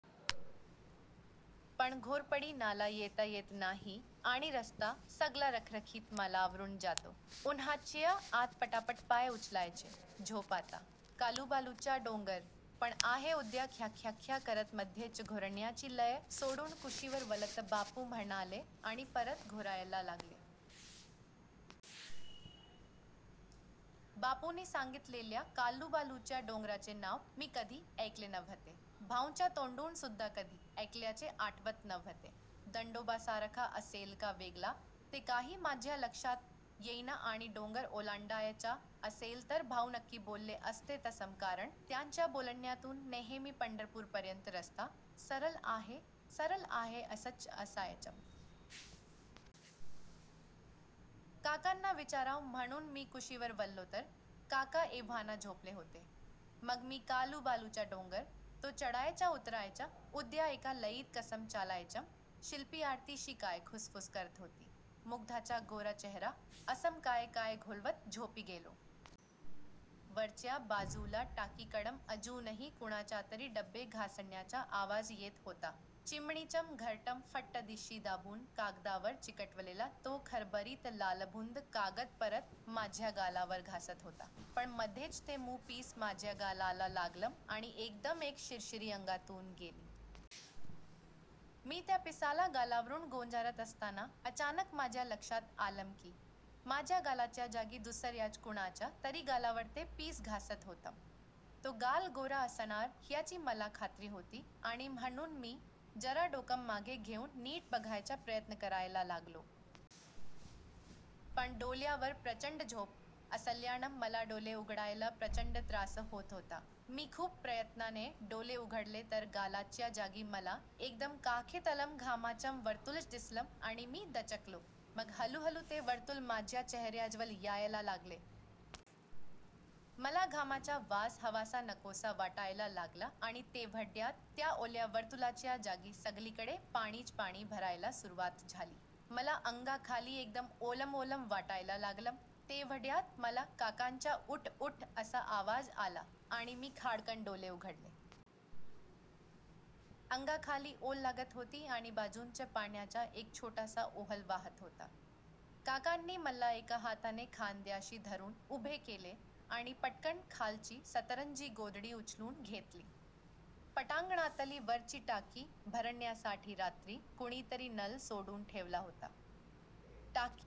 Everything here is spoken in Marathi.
पण घोरपडी नाला येता येत नाही आणि रस्ता सगळा रखरखीत माळावरुन जातो. उन्हाच्या आत पटापट पाय उचलायचे. झोप आता. काळूबाळूचा डोंगर पण आहे उद्या ख्याख्याख्या करत मध्येच घोरण्याची लय सोडून कुशीवर वळत बापू म्हणाले आणि परत घोरायला लागले. बापूंनी सांगितलेल्या काळूबाळूच्या डोंगराचे नाव मी कधी ऐकले नव्हते. भाउंच्या तोंडून सुद्धा कधी ऐकल्याचे आठवत नव्हते. दंडोबासारखा असेल का वेगळा ते काही माझ्या लक्षात येईना आणि डोंगर ओलांडायचा असेल तर भाऊ नक्की बोलले असते तसं कारण त्यांच्या बोलण्यातून नेहेमी पंढरपूरपर्यंत रस्ता सरळ आहे, सरळ आहे असच असायचं. काकांना विचारावं म्हणुन मी कुशीवर वळलो तर काका एव्हाना झोपले होते. मग मी काळूबाळूचा डोंगर, तो चढायचा-उतरायचा, उद्या एका लयीत कसं चालायचं, शिल्पी आरतीशी काय खुसफुस करत होती, मुग्धाचा गोरा चेहरा असं काय काय घोळवत झोपी गेलो. वरच्या बाजूला टाकीकडं अजूनही कुणाचातरी डबे घासण्याचा आवाज येत होता. चिमणीचं घरटं फट्टदिशी दाबून कागदावर चिकटवलेला तो खरबरीत लालबुंद कागद परत माझ्या गालावर घासत होता. पण मधेच ते मउ पीस माझ्या गालाला लागलं आणि एकदम एक शिरशिरी अंगातून गेली. मी त्या पिसाला गालावरुन गोंजारत असताना अचानक माझ्या लक्षात आलं की माझ्या गालाच्या जागी दुसर्याच कुणाचा तरी गालावर ते पीस घासत होतं. तो गाल गोरा असणार ह्याची मला खात्री होती आणि म्हणुन मी जरा डोकं मागे घेउन नीट बघायचा प्रयत्न करायला लागलो. पण डोळ्यावर प्रचंड झोप असल्यानं मला डोळे उघडायला प्रचंड त्रास होत होता. मी खूप प्रयत्नाने डोळे उघडले तर गालाच्या जागी मला एकदम काखेतलं घामाचं वर्तुळच दिसलं आणि मी दचकलो. मग हळुहळु ते वर्तुळ माझ्या चेहर्याजवळ यायला लागले. मला घामाचा वास हवासा-नकोसा वाटायला लागला आणि तेव्हड्यात त्या ओल्या वर्तुळाच्या जागी सगळीकडे पाणीच पाणी भरायला सुरुवात झाली. मला अंगाखाली एकदम ओलं ओलं वाटायला लागलं. तेव्हड्यात मला काकांचा उठ उठ असा आवाज आला आणि मी खाडकन् डोळे उघडले. अंगाखाली ओल लागत होती आणि बाजूनच पाण्याचा एक छोटासा ओहळ वाहत होता. काकांनी मला एका हाताने खांद्याशी धरुन उभे केले आणि पटकन खालची सतरंजी-गोधडी उचलून घेतली. पटांगणातली वरची टाकी भरण्यासाठी रात्री कुणीतरी नळ सोडून ठेवला होता. टाकी